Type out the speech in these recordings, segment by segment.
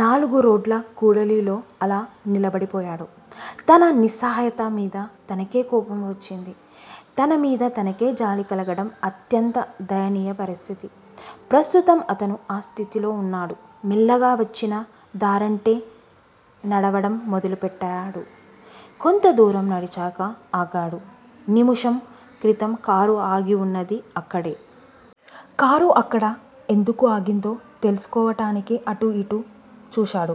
నాలుగురోడ్ల కూడలిలో అలా నిలబడిపోయాడు. తన నిస్సహాయత మీద తనకే కోపం వచ్చింది. తనమీద తనకే జాలి కలగడం అత్యంత దయనీయ పరిస్థితి. ప్రస్తుతం అతను ఆ స్థితిలో వున్నాడు. మెల్లగా వచ్చిన దారంటే నడవడం మొదలుపెట్టాడు. కొంత దూరం నడిచాక ఆగాడు. నిముషం క్రితం కారు ఆగివున్నది అక్కడే. కారు అక్కడ ఎందుకు ఆగిందో తెలుసుకోవడానికి అటూ ఇటూ చూశాడు.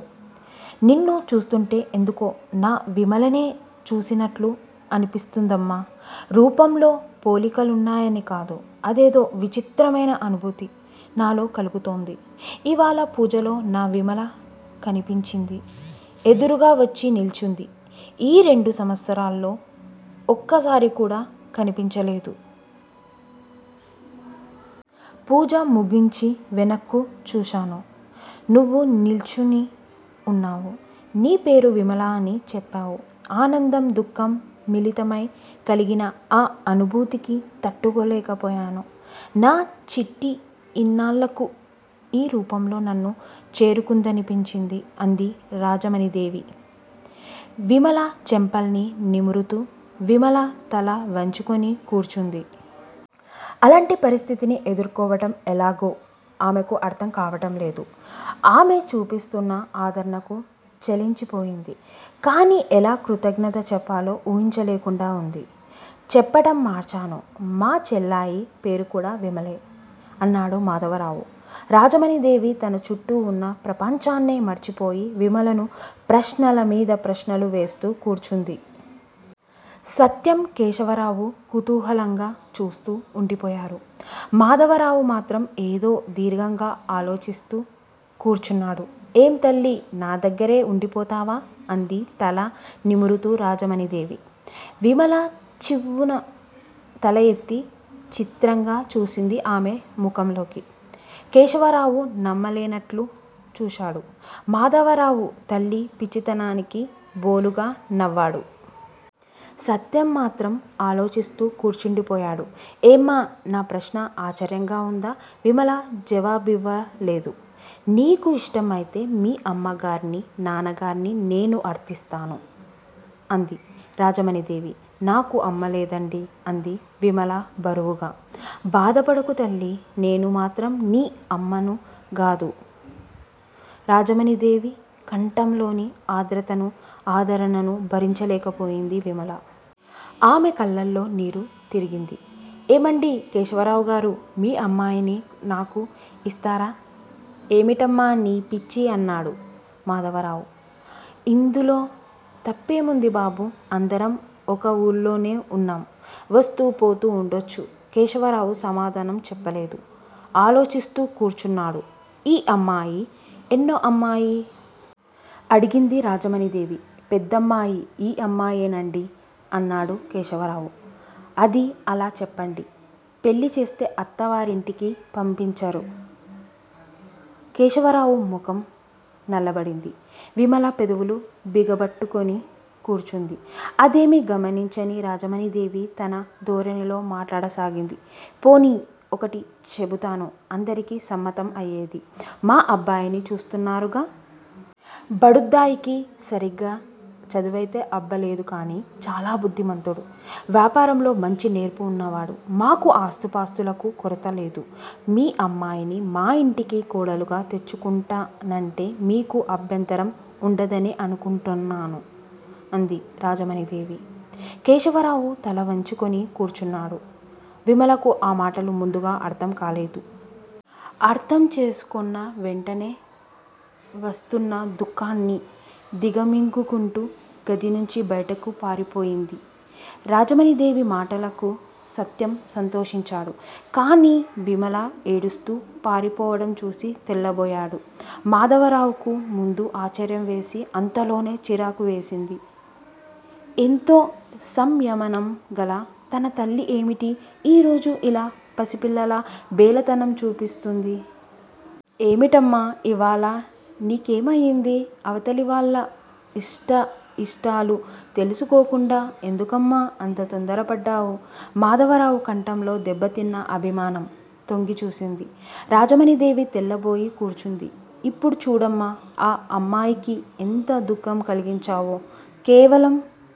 నిన్ను చూస్తుంటే ఎందుకో నా విమలనే చూసినట్లు అనిపిస్తుందమ్మా! రూపంలో పోలికలున్నాయని కాదు. అదేదో విచిత్రమయిన అనుభూతి నాలో కలుగుతోంది. ఇవ్వాళ పూజలో నా విమల కనిపించింది. ఎదురుగావచ్చి నిల్చింది. ఈ రెండు సంవత్సరాల్లో ఒక్కసారికూడా కనిపించలేదు. పూజ ముగించి వెనక్కు చూశాను. నువ్వు నిల్చొని ఉన్నావు. నీ పేరు విమల అని చెప్పావు. ఆనందం దుఃఖం మిళితమై కలిగిన ఆ అనుభూతికి తట్టుకోలేకపోయాను. నా చిట్టి ఇన్నాళ్ళకు ఈ రూపంలో నన్ను చేరుకుందనిపించింది అంది రాజమణీదేవి విమల చెంపల్ని నిమురుతూ. విమల తల వంచుకొని కూర్చుంది. అలాంటి పరిస్థితిని ఎదుర్కోవడం ఎలాగో ఆమెకు అర్ధం కావటంలేదు. ఆమె చూపిస్తున్న ఆదరణకు చలించిపోయింది. కాని ఎలా కృతజ్ఞత చెప్పాలో ఊహించలేకుండా ఉంది. చెప్పడం మర్చాను, మా చెల్లాయి పేరుకూడా విమలే! అన్నాడు మాధవరావు. రాజమణీదేవి తన చుట్టూవున్న ప్రపంచాన్నే మర్చిపోయి విమలను ప్రశ్నలమీద ప్రశ్నలు వేస్తూ కూర్చుంది. సత్యం, కేశవరావు కుతూహలంగా చూస్తూ వుండిపోయారు. మాధవరావు మాత్రం ఏదో దీర్ఘంగా ఆలోచిస్తూ కూర్చున్నాడు. ఏం తల్లీ! నా దగ్గరే ఉండిపోతావా? అంది తల నిమురుతూ రాజమణీదేవి. విమల చివ్వున తల ఎత్తి చిత్రంగా చూసింది ఆమె ముఖంలోకి. కేశవరావు నమ్మలేనట్లు చూశాడు. మాధవరావు తల్లి పిచ్చితనానికి బోలుగా నవ్వాడు. సత్యం మాత్రం ఆలోచిస్తూ కూర్చుండిపోయాడు. ఏమ్మా! నా ప్రశ్న ఆశ్చర్యంగా వుందా? విమల జవాబివ్వలేదు. నీకు ఇష్టం అయితే మీ అమ్మగార్నీ, నాన్నగార్నీ నేను అర్ధిస్తాను అంది రాజమణీదేవి. నాకు అమ్మ లేదండీ! అంది విమల బరువుగా. బాధపడకు తల్లీ! నేనుమాత్రం ణీ అమ్మనుగాదూ? రాజమణీదేవి కంఠంలోని ఆర్ద్రతనూ, ఆదరణనూ భరించలేకపోయింది విమల. ఆమె కళ్ళలో నీరు తిరిగింది. ఏమండీ కేశవరావుగారూ! మీ అమ్మాయిని నాకు ఇస్తారా? ఏమిటమ్మా నీ పిచ్చి అన్నాడు మాధవరావు. ఇందులో తప్పేముంది బాబూ! అందరం ఒక ఊళ్ళోనే ఉన్నాం. వస్తూ పోతూ ఉండొచ్చు. కేశవరావు సమాధానం చెప్పలేదు. ఆలోచిస్తూ కూర్చున్నాడు. ఈ అమ్మాయి ఎన్నో అమ్మాయి? అడిగింది రాజమణీదేవి. పెద్దమ్మాయి ఈ అమ్మాయేనండి అన్నాడు కేశవరావు. అదీ అలా చెప్పండీ! పెళ్ళిచేస్తే అత్తవారింటికి పంపించరూ? కేశవరావు ముఖం నల్లబడింది. విమల పెదవులు బిగబట్టుకొని కూర్చుంది. అదేమీ గమనించని రాజమణీదేవి తన ధోరణిలో మాట్లాడసాగింది. పోనీయ్! ఒకటి చెబుతాను అందరికీ సమ్మతం అయేది. మా అబ్బాయిని చూస్తున్నారుగా? బడుద్దాయికి సరిగా చదివైతే అబ్బలేదుగాని చాలా బుద్ధిమంతుడు, వ్యాపారంలో మంచి నేర్పు ఉన్నవాడు. మాకు ఆస్థిపాస్తులకు కొరతలేదు. మీ అమ్మాయిని మా ఇంటికి కోడలుగా తెచ్చుకుంటానంటే మీకు అభ్యంతరం ఉండదనే అనుకుంటాను అంది రాజమణీదేవి. కేశవరావు తలవంచుకొని కూర్చున్నాడు. విమలకు ఆ మాటలు ముందుగా అర్ధంకాలేదు. అర్ధంచేసుకొన్న వెంటనే వస్తున్న దుఃఖాన్ని దిగమింగుకుంటూ గదినుంచి బయటకు పారిపోయింది. రాజమణీదేవి మాటలకు సత్యం సంతోషించాడు. కాని విమల ఏడుస్తూ పారిపోవడంచూసి తెల్లబోయాడు. మాధవరావుకు ముందు ఆశ్చర్యంవేసి. అంతలోనే చిరాకువేసింది. ఎంతో సంయమనంగల తన తల్లి ఏమిటి ఈ రోజు ఇలా పసిపిల్లలా బేలతనం చూపిస్తుంది! ఏమిటమ్మా! ఇవాళ నీకేమయింది? అవతలివాళ్ళ ఇష్టాయిష్టాలు తెలుసుకోకుండా ఎందుకమ్మా అంత తొందరపడ్డావు? మాధవరావు కంఠంలో దెబ్బతిన్న అభిమానం తొంగిచూసింది. రాజమణీదేవి తెల్లబోయి కూర్చుంది. ఇప్పుడు చూడమ్మా, ఆ అమ్మాయికి ఎంత దుఃఖం కలిగించావో? కేవలం